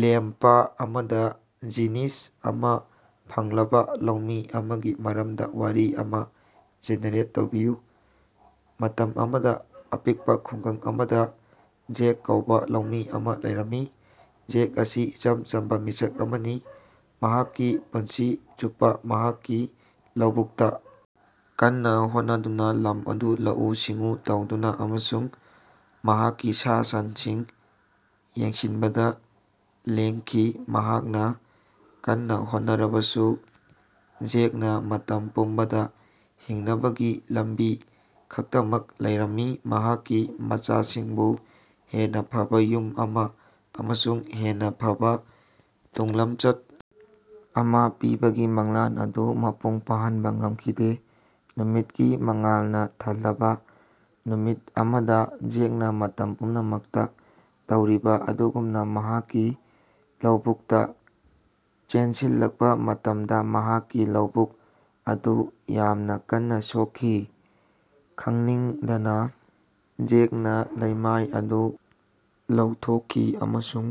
Lamp ꯑꯃꯥꯗ genius ꯑꯃꯥ ꯐꯪꯂꯕꯥ ꯂꯧꯃꯤ ꯑꯃꯒꯤ ꯃꯔꯝꯗꯥ ꯋꯥꯔꯤ ꯑꯃꯥ ꯖꯦꯅꯦꯔꯦꯠ ꯇꯧꯕꯤꯌꯨ꯫ ꯃꯇꯝ ꯑꯃꯗꯥ ꯑꯄꯤꯛꯄꯥ ꯈꯨꯡꯒꯪ ꯑꯃꯗꯥ ꯖꯦꯛ ꯀꯧꯕ ꯂꯧꯃꯤ ꯑꯃꯥ ꯂꯩꯔꯝꯃꯤ꯫ ꯖꯦꯛ ꯑꯁꯤ ꯏꯆꯝ ꯆꯝꯕꯥ ꯃꯤꯁꯛ ꯑꯃꯅꯤ, ꯃꯍꯥꯛꯀꯤ ꯄꯨꯟꯁꯤ ꯆꯨꯞꯄꯥ ꯃꯍꯥꯛꯀꯤ ꯂꯧꯕꯨꯛꯇꯥ ꯀꯟꯅꯥ ꯍꯣꯠꯅꯗꯨꯅꯥ, ꯂꯝ ꯑꯗꯨ ꯂꯧꯎ ꯁꯤꯡꯎ ꯇꯧꯗꯨꯅꯥ ꯑꯃꯁꯨꯡ ꯃꯍꯥꯛꯀꯤ ꯁꯥ ꯁꯟꯁꯤꯡ ꯌꯦꯡꯁꯤꯟꯕꯗꯥ ꯂꯦꯡꯈꯤ꯫ ꯃꯍꯥꯛꯅꯥ ꯀꯟꯅꯥ ꯍꯣꯠꯅꯔꯕꯁꯨ ꯖꯦꯛꯅꯥ ꯃꯇꯝ ꯄꯨꯝꯕꯗꯥ ꯍꯤꯡꯅꯕꯒꯤ ꯂꯝꯕꯤ ꯈꯛꯇꯃꯛ ꯂꯩꯔꯝꯃꯤ꯫ ꯃꯍꯥꯛꯀꯤ ꯃꯆꯥꯁꯤꯡꯕꯨ ꯍꯦꯟꯅꯥ ꯐꯕꯥ ꯌꯨꯝ ꯑꯃꯥ ꯑꯃꯁꯨꯡ ꯍꯦꯟꯅꯥ ꯐꯕꯥ ꯇꯨꯡꯂꯝꯆꯠ ꯑꯃꯥ ꯄꯤꯕꯒꯤ ꯃꯪꯂꯥꯟ ꯑꯗꯨ ꯃꯄꯨꯡ ꯐꯥꯍꯟꯕꯥ ꯉꯝꯈꯤꯗꯦ꯫ ꯅꯨꯃꯤꯠꯀꯤ ꯃꯉꯥꯜꯅꯥ ꯊꯜꯂꯕꯥ ꯅꯨꯃꯤꯠ ꯑꯃꯗꯥ ꯖꯦꯛꯅꯥ ꯃꯇꯝ ꯄꯨꯝꯅꯃꯛꯇꯥ ꯇꯧꯔꯤꯕꯥ ꯑꯗꯨꯒꯨꯝꯅꯥ ꯃꯍꯥꯛꯀꯤ ꯂꯧꯕꯨꯛꯇꯥ ꯆꯦꯟꯁꯤꯜꯂꯛꯄꯥ ꯃꯇꯝꯗꯥ ꯃꯍꯥꯛꯀꯤ ꯂꯧꯕꯨꯛ ꯑꯗꯨ ꯌꯥꯝꯅꯥ ꯀꯟꯅꯥ ꯁꯣꯛꯈꯤ꯫ ꯈꯪꯅꯤꯡꯗꯅꯥ ꯖꯦꯛꯅꯥ ꯂꯩꯃꯥꯏ ꯑꯗꯨ ꯂꯧꯊꯣꯛꯈꯤ ꯑꯃꯁꯨꯡ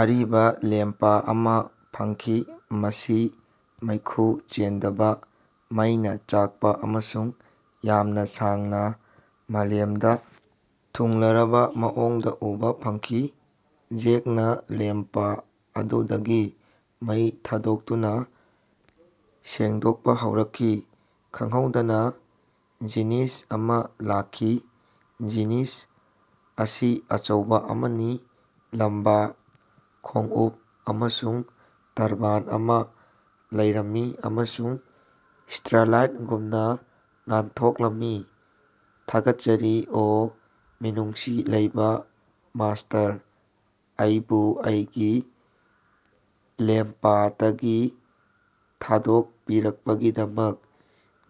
ꯑꯔꯤꯕꯥ ꯂꯦꯝꯄ ꯑꯃꯥ ꯐꯪꯈꯤ꯫ ꯃꯁꯤ ꯃꯩꯈꯨ ꯆꯦꯟꯗꯕꯥ ꯃꯩꯅꯥ ꯆꯥꯛꯄꯥ ꯑꯃꯁꯨꯡ ꯌꯥꯝꯅꯥ ꯁꯥꯡꯅꯥ ꯃꯥꯂꯦꯝꯗꯥ ꯊꯨꯡꯂꯔꯕꯥ ꯃꯑꯣꯡꯗꯥ ꯎꯕꯥ ꯐꯪꯈꯤ꯫ ꯖꯦꯛꯅꯥ ꯂꯦꯝꯄ ꯑꯗꯨꯗꯒꯤ ꯃꯩ ꯊꯥꯗꯣꯛꯇꯨꯅꯥ ꯁꯦꯡꯗꯣꯛꯄꯥ ꯍꯧꯔꯛꯈꯤ, ꯈꯪꯍꯧꯗꯅꯥ ꯖꯤꯅꯤꯁ ꯑꯃꯥ ꯂꯥꯛꯈꯤ꯫ꯖꯤꯅꯤꯁ ꯑꯁꯤ ꯑꯆꯧꯕꯥ ꯑꯃꯅꯤ ꯂꯝꯕꯥ ꯈꯣꯡꯎꯞ ꯑꯃꯁꯨꯡ ꯇꯔꯕꯥꯟ ꯑꯃꯥ ꯂꯩꯔꯝꯃꯤ, ꯑꯃꯁꯨꯡ ꯁ꯭ꯇꯥꯔꯂꯥꯏꯠꯒꯨꯝꯅꯥ ꯉꯥꯟꯊꯣꯛꯂꯝꯃꯤ꯫ ꯊꯥꯒꯠꯆꯔꯤ ꯑꯣ ꯃꯤꯅꯨꯡꯁꯤ ꯂꯩꯕꯥ ꯃꯥꯁ꯭ꯇꯔ, ꯑꯩꯕꯨ ꯑꯩꯒꯤ ꯂꯦꯝꯄꯇꯒꯤ ꯊꯥꯗꯣꯛꯄꯤꯔꯛꯄꯒꯤꯗꯃꯛ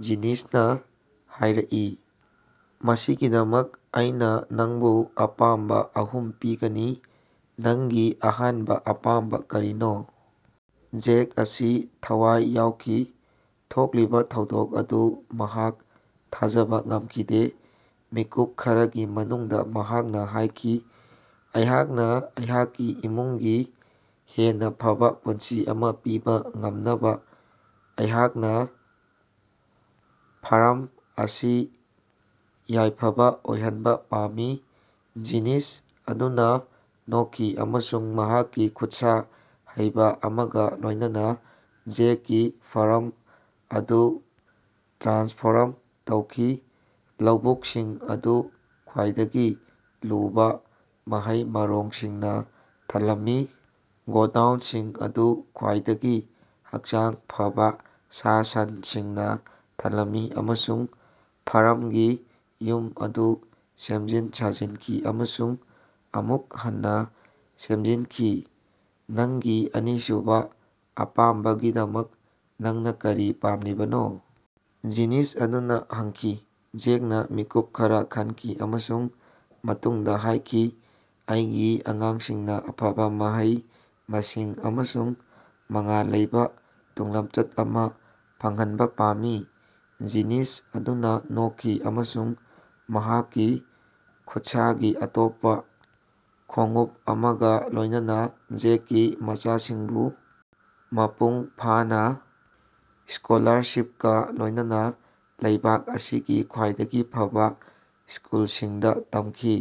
ꯖꯤꯅꯤꯁꯅꯥ ꯍꯥꯏꯔꯛꯏ ꯃꯁꯤꯒꯤꯗꯃꯛ ꯑꯩꯅꯥ ꯅꯪꯕꯨ ꯑꯄꯥꯝꯕꯥ ꯑꯍꯨꯝ ꯄꯤꯒꯅꯤ꯫ ꯅꯪꯒꯤ ꯑꯍꯥꯟꯕꯥ ꯑꯄꯥꯝꯕꯥ ꯀꯔꯤꯅꯣ? ꯖꯦꯛ ꯑꯁꯤ ꯊꯋꯥꯏ ꯌꯥꯎꯈꯤ꯫ ꯊꯣꯛꯂꯤꯕꯥ ꯊꯧꯗꯣꯛ ꯑꯗꯨ ꯃꯍꯥꯛ ꯊꯥꯖꯕꯥ ꯉꯝꯈꯤꯗꯦ꯫ ꯃꯤꯀꯨꯞ ꯈꯔꯒꯤ ꯃꯇꯨꯡꯗꯥ ꯃꯍꯥꯛꯅꯥ ꯍꯥꯏꯈꯤ, ꯑꯩꯍꯥꯛꯅꯥ ꯑꯩꯍꯥꯛꯀꯤ ꯏꯃꯨꯡꯒꯤ ꯍꯦꯟꯅꯥ ꯐꯕꯥ ꯄꯨꯟꯁꯤ ꯑꯃꯥ ꯄꯤꯕꯥ ꯉꯝꯅꯕꯥ ꯑꯩꯍꯥꯛꯀꯤ ꯐꯥꯔꯝ ꯑꯁꯤ ꯌꯥꯏꯐꯕꯥ ꯑꯣꯏꯍꯟꯕꯥ ꯄꯥꯝꯃꯤ꯫ ꯖꯤꯅꯤꯁ ꯑꯗꯨꯅꯥ ꯅꯣꯛꯈꯤ ꯑꯃꯁꯨꯡ ꯃꯍꯥꯛꯀꯤ ꯈꯨꯠꯁꯥ ꯍꯩꯕꯥ ꯑꯃꯒꯥ ꯂꯣꯏꯅꯅꯥ ꯖꯦꯛꯀꯤ ꯐꯥꯔꯝ ꯑꯗꯨ ꯇ꯭ꯔꯥꯟꯁꯐꯣꯔꯝ ꯇꯧꯈꯤ꯫ ꯂꯧꯕꯨꯛꯁꯤꯡ ꯑꯗꯨ ꯈ꯭ꯋꯥꯏꯗꯒꯤ ꯂꯨꯕꯥ ꯃꯍꯩ-ꯃꯔꯣꯡꯁꯤꯡꯅꯥ ꯊꯜꯂꯝꯃꯤ, ꯒꯣꯗꯥꯎꯅꯁꯤꯡ ꯑꯗꯨ ꯈ꯭ꯋꯥꯏꯗꯒꯤ ꯍꯛꯆꯥꯡ ꯐꯕꯥ ꯁꯥ-ꯁꯟꯁꯤꯡꯅꯥ ꯊꯜꯂꯝꯃꯤ ꯑꯃꯁꯨꯡ ꯐꯥꯔꯝꯒꯤ ꯌꯨꯝ ꯑꯗꯨ ꯁꯦꯝꯖꯤꯟ-ꯁꯥꯖꯤꯟꯈꯤ ꯑꯃꯁꯨꯡ ꯑꯃꯨꯛ ꯍꯟꯅꯥ ꯁꯦꯝꯖꯤꯟꯈꯤ꯫ ꯅꯪꯒꯤ ꯑꯅꯤꯁꯨꯕꯥ ꯑꯄꯥꯝꯕꯒꯤꯗꯃꯛ ꯅꯪꯅꯥ ꯀꯔꯤ ꯄꯥꯝꯂꯤꯕꯅꯣ? ꯖꯤꯅꯤꯁ ꯑꯗꯨꯅꯥ ꯍꯪꯈꯤ꯫ ꯖꯦꯛꯅꯥ ꯃꯤꯀꯨꯞ ꯈꯔꯥ ꯈꯟꯈꯤ ꯑꯃꯁꯨꯡ ꯃꯇꯨꯡꯗꯥ ꯍꯥꯏꯈꯤ ꯑꯩꯒꯤ ꯑꯉꯥꯡꯁꯤꯡꯅꯥ ꯑꯐꯕꯥ ꯃꯍꯩ-ꯃꯁꯤꯡ ꯑꯃꯁꯨꯡ ꯃꯉꯥꯜ ꯂꯩꯕꯥ ꯇꯨꯡꯂꯝꯆꯠ ꯑꯃꯥ ꯐꯪꯍꯟꯕꯥ ꯄꯥꯝꯃꯤ꯫ ꯖꯤꯅꯤꯁ ꯑꯗꯨꯅꯥ ꯅꯣꯛꯈꯤ ꯑꯃꯁꯨꯡ ꯃꯍꯥꯛꯀꯤ ꯈꯨꯠꯁꯥꯒꯤ ꯑꯇꯣꯞꯄꯥ ꯈꯣꯡꯎꯞ ꯑꯃꯒꯥ ꯂꯣꯏꯅꯅꯥ ꯖꯦꯛꯀꯤ ꯃꯆꯥꯁꯤꯡꯕꯨ ꯃꯄꯨꯡ ꯐꯥꯅꯥ ꯁ꯭ꯀꯣꯂꯥꯔꯁꯤꯄꯀꯥ ꯂꯣꯏꯅꯅꯥ ꯂꯩꯕꯥꯛ ꯑꯁꯤꯒꯤ ꯈ꯭ꯋꯥꯏꯗꯒꯤ ꯐꯕꯥ ꯁ꯭ꯀꯨꯜꯁꯤꯡꯗꯥ ꯇꯝꯈꯤ꯫